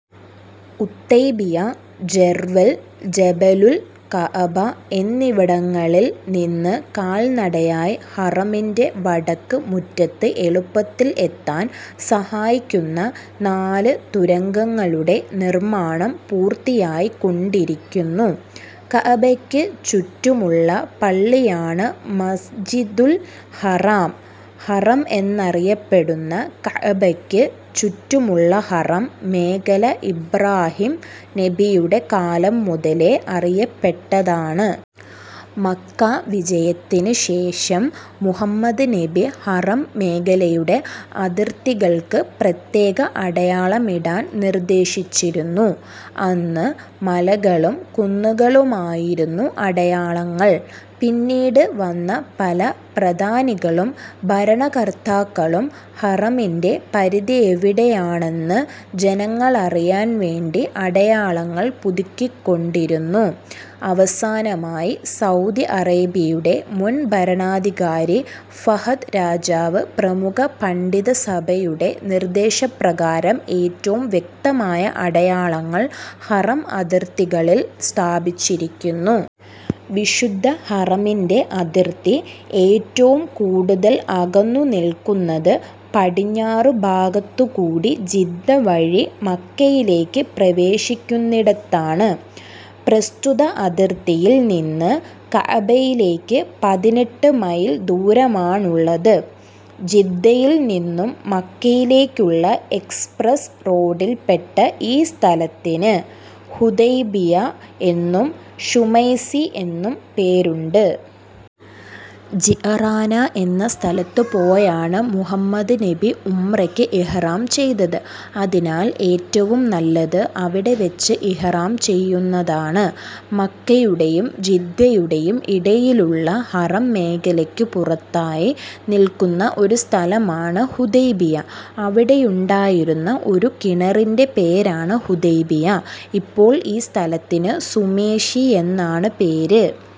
ഉത്തൈബിയ, Jarwal, ജബലുൽ Kaaba എന്നിവിടങ്ങളിൽ നിന്ന് കാൽനടയായി ഹറമിന്റെ വടക്ക് മുറ്റത്ത് എളുപ്പത്തിൽ എത്താൻ സഹായിക്കുന്ന നാല് തുരങ്കങ്ങളുടെ നിർമ്മാണം പൂർത്തിയായി കൊണ്ടിരിക്കുന്നു. കഅബയ്ക്ക് ചുറ്റുമുള്ള പള്ളിയാണ് മസ്ജിദുൽ ഹറാം. ഹറം എന്നറിയപ്പെടുന്ന കഅബക്ക് ചുറ്റുമുള്ള ഹറം മേഖല ഇബ്രാഹിം നബിയുടെ കാലം മുതലേ അറിയപ്പെട്ടതാണ്. മക്കാ വിജയത്തിന് ശേഷം മുഹമ്മദ് നബി ഹറം മേഖലയുടെ അതിർത്തികൾക്ക് പ്രത്യേക അടയാളമിടാൻ നിർദ്ദേശിച്ചിരുന്നു. അന്ന് മലകളും കുന്നുകളുമായിരുന്നു അടയാളങ്ങൾ. പിന്നീട് വന്ന പല പ്രധാനികളും ഭരണകർത്താക്കളും ഹറമിന്റെ പരിധിയെവിടെയാണെന്ന് ജനങ്ങളറിയാൻ വേണ്ടി അടയാളങ്ങൾ പുതുക്കിക്കൊണ്ടിരുന്നു. അവസാനമായി സൗദി അറേബ്യയുടെ മുൻ ഭരണാധികാരി ഫഹദ് രാജാവ് പ്രമുഖ പണ്ഢിതസഭയുടെ നിർദ്ദേശപ്രകാരം ഏറ്റവും വ്യക്തമായ അടയാളങ്ങൾ ഹറം അതിർത്തികളിൽ സ്ഥാപിച്ചിരിക്കുന്നു. വിശുദ്ധ ഹറമിന്റെ അതിർത്തി ഏറ്റവും കൂടുതൽ അകന്നു നിൽക്കുന്നത് പടിഞ്ഞാറു ഭാഗത്തുകൂടി ജിദ്ദ വഴി മക്കയിലേക്ക് പ്രവേശിക്കുന്നിടത്താണ്. പ്രസ്തുത അതിർത്തിയിൽ നിന്ന് കഅബയിലേക്ക് പതിനെട്ട് മൈൽ ദൂരമാണുള്ളത്. ജിദ്ദയിൽ നിന്നും മക്കയിലേക്കുള്ള എക്സ്പ്രസ്സ് റോഡിൽ പെട്ട ഈ സ്ഥലത്തിന് ഹുദൈബിയ എന്നും ശുമൈസി എന്നും പേരുണ്ട്. ജിഅറാന എന്ന സ്ഥലത്ത് പോയാണ് മുഹമ്മദ് നബി ഉംറക്ക് ഇഹ്റാം ചെയ്തത്. അതിനാൽ ഏറ്റവും നല്ലത് അവിടെ വെച്ച് ഇഹ്റാം ചെയ്യുന്നതാണ്. മക്കയുടെയും ജിദ്ദയുടെയും ഇടയിലുള്ള ഹറം മേഖലയ്ക്ക് പുറത്തായി നില്ക്കുന്ന ഒരു സ്ഥലമാണ് ഹുദൈബിയ. അവിടെയുണ്ടായിരുന്ന ഒരു കിണറിന്റെ പേരാണ് ഹുദൈബിയ. ഇപ്പോൾ ഈ സ്ഥലത്തിന് സുമേശിയെന്നാണ് പേര്.